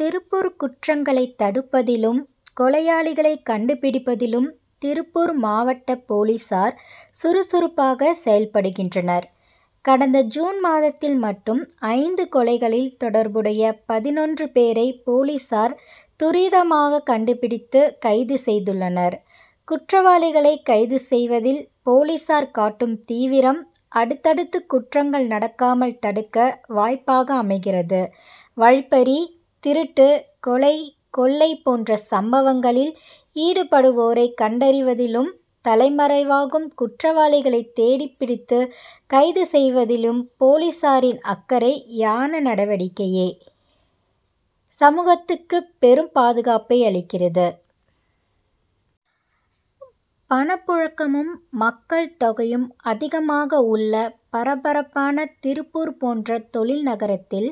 திருப்பூர் குற்றங்களை தடுப்பதிலும், கொலையாளிகளை கண்டு பிடிப்பதிலும் திருப்பூர் மாவட்ட போலீசார் சுறுசுறுப்பாக செயல்படுகின்றனர்; கடந்த ஜூன் மாதத்தில் மட்டும் ஐந்து கொலைகளில் தொடர்புடைய பதினொன்று பேரை போலீசார் துரிதமாக கண்டு பிடித்து கைது செய்துள்ளனர். குற்றவாளிகளை கைது செய்வதில் போலீசார் காட்டும் தீவிரம், அடுத் தடுத்து குற்றங்கள் நடக்காமல் தடுக்க வாய்ப்பாக அமைகிறது; வழிப்பறி, திருட்டு, கொலை, கொள்ளை போன்ற சம்பவங்களில் ஈடுபடுவோரை கண்டறிவதிலும், தலைமறைவாகும் குற்றவாளிகளை தேடிப்பிடித்து கைது செய்வதிலும் போலீசாரின் அக்கறை யான நடவடிக்கையே, சமூகத்துக்கு பெரும் பாதுகாப்பை அளிக்கிறது. பணப்புழக்கமும், மக்கள் தொகை யும் அதிகமாக உள்ள பரபரப்பான திருப்பூர் போன்ற தொழில் நகரத்தில்,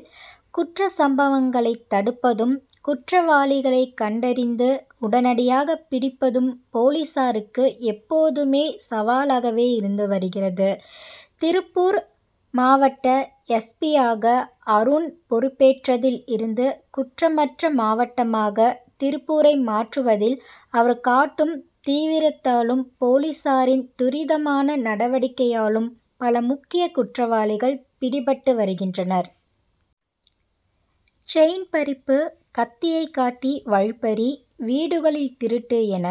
குற்றச்சம்பவங்களை தடுப்பதும், குற்ற வாளிகளை கண்டறிந்து உடனடியாக பிடிப்பதும் போலீசாருக்கு எப்போதுமே சவாலாகவே இருந்து வருகிறது. திருப்பூர் மாவட்ட எஸ். பி.,யாக அருண் பொறுப்பேற்றதில் இருந்து, குற்றமற்ற மாவட்டமாக திருப்பூரை மாற்றுவதில் அவர் காட்டும் தீவிரத்தாலும், போலீசாரின் துரிதமான நடவடிக்கையாலும் பல முக்கிய குற்றவாளிகள் பிடிபட்டு வருகின்றனர். செயின் பறிப்பு, கத்தியை காட்டி வழிப்பறி, வீடுகளில் திருட்டு என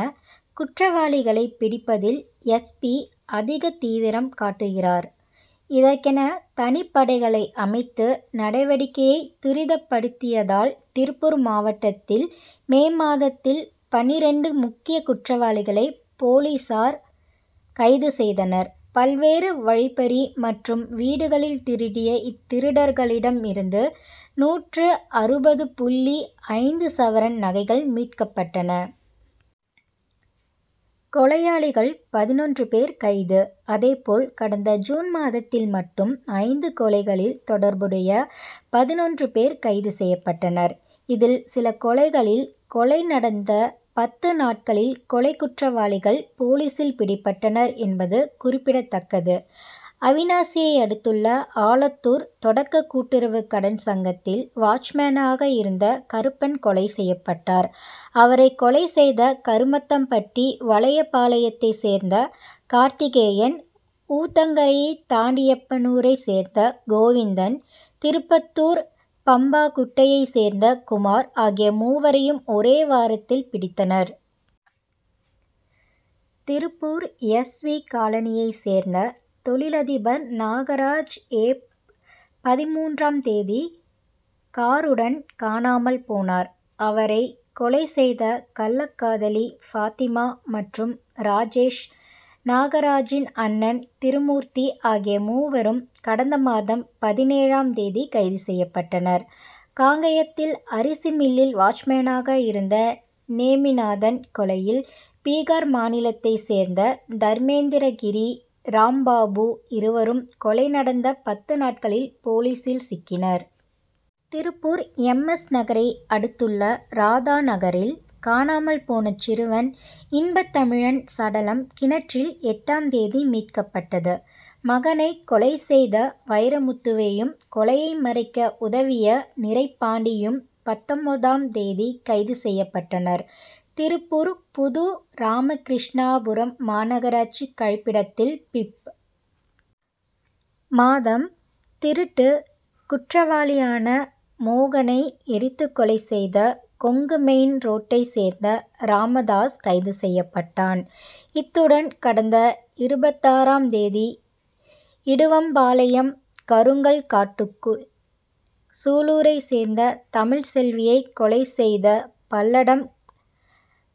குற்றவாளிகளை பிடிப்பதில் எஸ். பி., அதிக தீவிரம் காட்டுகிறார்; இதற்கென தனிப்படைகளை அமைத்து, நடவடிக்கையை துரிதப்படுத்தியதால், திருப்பூர் மாவட்டத்தில் மே மாதத்தில் பன்னிரண்டு முக்கிய குற்றவாளிகளை போலீசார் கைது செய்தனர்; பல்வேறு வழிப்பறி மற்றும் வீடுகளில் திருடிய இத் திருடர்களிடம் இருந்து நூற்று அறுபது புள்ளி ஐந்து சவரன் நகைகள் மீட்கப்பட்டன. கொலையாளிகள் பதினொன்று பேர் கைது அதேபோல், கடந்த ஜூன் மாதத்தில் மட்டும் ஐந்து கொலைகளில் தொடர்புடைய பதினொன்று பேர் கைது செய்யப் பட்டனர். இதில் சில கொலைகளில், கொலை நடந்த பத்து நாட்களில் கொலைக்குற்றவாளிகள் போலீசில் பிடிபட்டனர் என்பது குறிப்பிடத் தக்கது. அவிநாசியை அடுத்துள்ள ஆலத்தூர் தொடக்க கூட்டுறவு கடன் சங்கத்தில் வாட்ச்மேனாக இருந்த கருப்பன் கொலை செய்யப்பட்டார்; அவரை கொலை செய்த கருமத்தம் பட்டி வலையபாளையத்தை சேர்ந்த கார்த்திகேயன், ஊத்தங்கரை தாண்டி யப்பனூரை சேர்ந்த கோவிந்தன், திருப்பத்தூர் பம்பாகுட்டையை சேர்ந்த குமார் ஆகிய மூவரையும், ஒரே வாரத்தில் பிடித்தனர். திருப்பூர் எஸ். வி., காலனியைச் சேர்ந்த தொழிலதிபர் நாகராஜ், ஏப்., பதின்மூன்றாம் தேதி காருடன் காணாமல் போனார். அவரை கொலை செய்த கள்ளக்காதலி பாத்திமா மற்றும் ராஜேஷ், நாகராஜின் அண்ணன் திருமூர்த்தி ஆகிய மூவரும் கடந்த மாதம் பதினேழாம் தேதி கைது செய்யப்பட்டனர். காங்கயத்தில் அரிசி மில்லில் வாட்ச்மேனாக இருந்த நேமிநாதன் கொலையில், பீகார் மாநிலத்தைச் சேர்ந்த தர்மேந்திர கிரி, ராம்பாபு இருவரும், கொலை நடந்த பத்து நாட்களில் போலீசில் சிக்கினர். திருப்பூர் எம். எஸ்., நகரை அடுத்துள்ள ராதா நகரில் காணாமல் போன சிறுவன் இன்பத்தமிழன் சடலம், கிணற்றில் எட்டாம் தேதி மீட்கப் பட்டது. மகனை கொலை செய்த வைரமுத்துவையும், கொலையை மறைக்க உதவிய நிறைபாண்டியும், பத்தொன்பதாம் தேதி கைது செய்யப்பட்டனர். திருப்பூர் புது ராமகிருஷ்ணாபுரம் மாநகராட்சி கழிப்பிடத்தில் பிப்., மாதம் திருட்டு குற்றவாளியான மோகனை எரித்துக்கொலை செய்த, கொங்கு மெயின் ரோட்டை சேர்ந்த ராமதாஸ் கைது செய்யப்பட்டான். இத்துடன் கடந்த இருபத்தாறாம் தேதி, இடுவம்பாளையம் கருங்கல் காட்டுக்குள் சூலூரை சேர்ந்த தமிழ் செல்வியை கொலை செய்த, பல்லடம்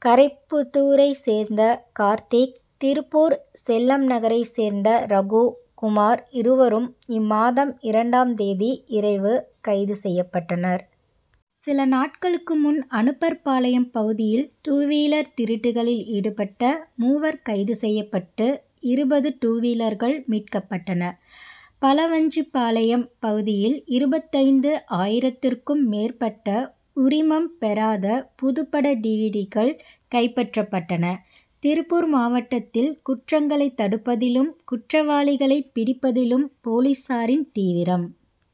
கரைப்புதூரை சேர்ந்த கார்த்திக், திருப்பூர் செல்லம் நகரைச் சேர்ந்த ரகு குமார் இருவரும் இம்மாதம் இரண்டாம் தேதி இரவு கைது செய்யப்பட்டனர். சில நாட்களுக்கு முன், அனுப்பர் பாளையம் பகுதியில் டூவீலர் திருட்டு களில் ஈடுபட்ட மூவர் கைது செய்யப் பட்டு இருபது டூவீலர்கள் மீட்கப்பட்டன; பலவஞ்சிபாளையம் பகுதியில் இருபத்தைந்து ஆயிரத்துக்கும் மேற்பட்ட உரிமம் பெறாத புதுப்பட டிவிடிக்கள் கைப்பற்றப்பட்டன. திருப்பூர் மாவட்டத்தில் குற்றங்களை தடுப்பதிலும், குற்றவாளிகளை பிடிப்பதிலும் போலீசாரின் தீவிரம்